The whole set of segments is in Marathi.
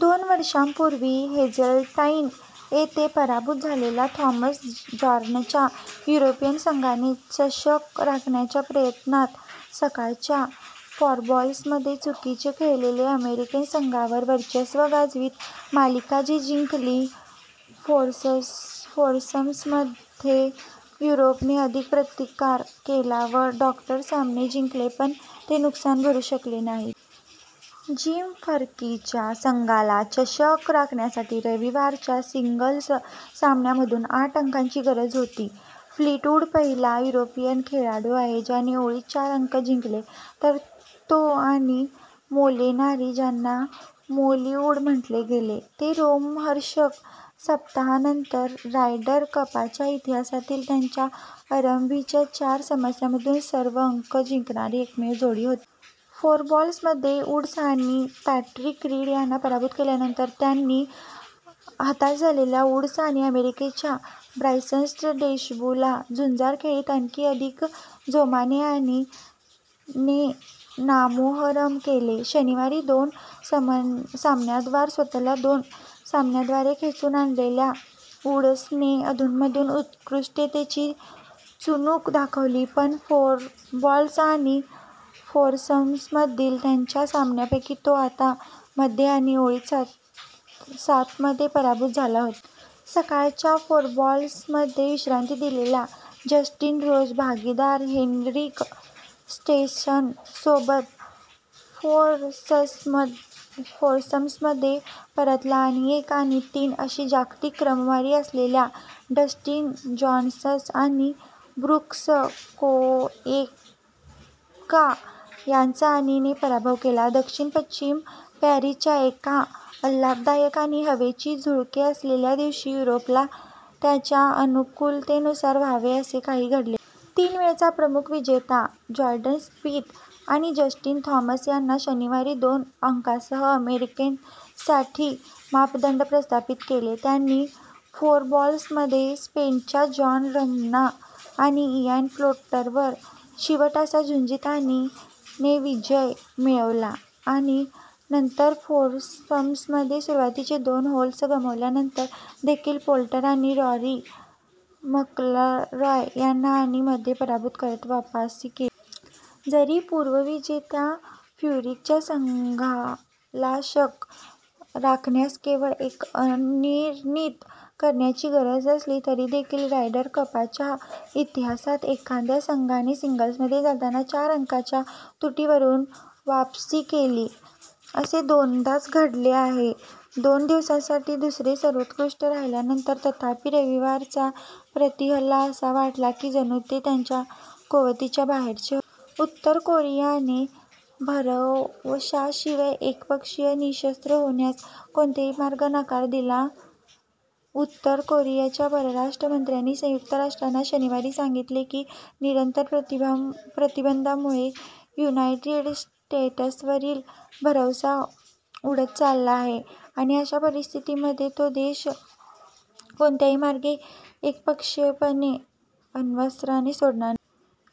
दोन वर्षांपूर्वी हेझेल्टाईन येथे पराभूत झालेल्या, थॉमस जॉर्नच्या युरोपियन संघाने चषक राखण्याच्या प्रयत्नात सकाळच्या फोरबॉल्समध्ये चुकीचे खेळलेल्या अमेरिकन संघावर वर्चस्व गाजवीत मालिका ने जिंकली. फोरसम्समध्ये युरोपने अधिक प्रतिकार केला व डॉ सामने जिंकले, पण ते नुकसान भरू शकले नाहीत. जिम फर्कीच्या संघाला चषक राखण्यासाठी रविवारच्या सिंगल्स सामन्यांमधून आठ अंकांची गरज होती. फ्लीटवूड पहिला युरोपियन खेळाडू आहे ज्याने ओळीत चार अंक जिंकले, तर तो आणि मोलिनारी, ज्यांना "मोलिवूड" म्हटले गेले, ते रोमहर्षक सप्ताहांतानंतर रायडर कपच्या इतिहासातील त्यांच्या आरंभीच्या चार सामन्यांमधून सर्व अंक जिंकणारी एकमेव जोडी होती. फोरबॉल्समध्ये वूड्स आणि पॅट्रिक रीड यांना पराभूत केल्यानंतर, त्यांनी हताश झालेल्या वूड्स आणि अमेरिकेच्या ब्रायसन डेशब्यूला झुंजार खेळीत आणखी अधिक जोमाने आणि ने नामोहरम केले. शनिवारी दोन सामन्यांद्वारा स्वतःला दोन सामन्यांद्वारे खेचून आणलेल्या वूड्सने, अधूनमधून उत्कृष्टतेची चुणूक दाखविल, पण फोरबॉल्स आणि फोरसम्समधील त्याच्या सामन्यांपैकी तो आता मध्ये आणि ओळीत सातमध्ये पराभूत झाला होता. सकाळच्या फोरबॉल्समध्ये विश्रांती दिलेला जस्टिन रोज, भागीदार हेन्रिक स्टेन्सनसोबत फोरसम्समध्ये परतला आणि एक आणि तीन अशी जागतिक क्रमवारी असलेल्या डस्टिन जॉन्सन आणि ब्रूक्स कोएप्का याचं आणि ने पराभव केला. दक्षिण-पश्चिम पॅरिसच्या एका आल्हाददायक आणि हवेची झुळूके असलेल्या दिवशी युरोपला त्याच्या अनुकूलतेनुसार व्हावे असे काहीही घडले नाही. तीन वेळचा प्रमुख विजेता जॉर्डन स्पिथ आणि जस्टिन थॉमस यांनी शनिवारी दोन अंकांसह अमेरिकन्ससाठी मापदंड प्रस्थापित केले. त्यांनी फोरबॉल्समध्ये स्पेनच्या जॉन राह्म आणि इयान पोल्टरवर चिवट अशा झुंजीत आणि ने विजय मिळविला आणि नंतर फोरसम्समध्ये सुरुवातीचे दोन होल्स गमावल्यानंतर देखील पोल्टर आणि रॉरी मकलरॉय यांना आणि मध्ये पराभूत करत वापसी केली. जरी पूर्वविजेत्या फ्युरिकच्या संघालाचषक राखण्यास केवळ एक अनिर्णीत करण्याची गरज असली, तरी देखील रायडर कपच्या इतिहासात एखाद्या संघाने सिंगल्समध्ये जाताना चार-अंकांच्या तुटीवरून वापसी केली असे दोनदाच घडले आहे. दोन दिवसांसाठी दुसरे-सर्वोत्कृष्ट राहिल्यानंतर, तथापि, रविवारचा प्रति-हल्ला असा वाटला की जणू ते त्यांच्या कुवतीच्या बाहेरचे होते. उत्तर कोरियाने भरवशाशिवाय एकपक्षीय निःशस्त्र होण्यास "कोणत्याही मार्गे" नकार दिला उत्तर कोरियाच्या परराष्ट्र मंत्र्यांनी संयुक्त राष्ट्रांना शनिवारी सांगितले की निरंतर प्रतिबंधांमुळे युनायटेड स्टेट्सवरील भरवसा उडत चालला आहे आणि अशा परिस्थितीमध्ये तो देश कोणत्याही मार्गे एकपक्षीयपणे अण्वस्त्रांना सोडणार नाही.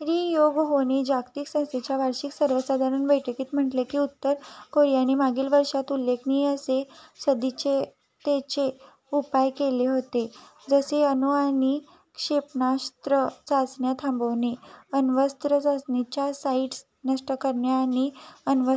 री योंग होने जागतिक संस्थेच्या वार्षिक सर्वसाधारण बैठकीत म्हटले की उत्तर कोरियाने मागील वर्षात "उल्लेखनीय असे सदिच्छेचे उपाय" केले होते, जसे अणु आणि क्षेपणास्त्र चाचण्या थांबविणे, अण्वस्त्र चाचणीच्या साईट्स नष्ट करणे आणि अण्वस्त्रे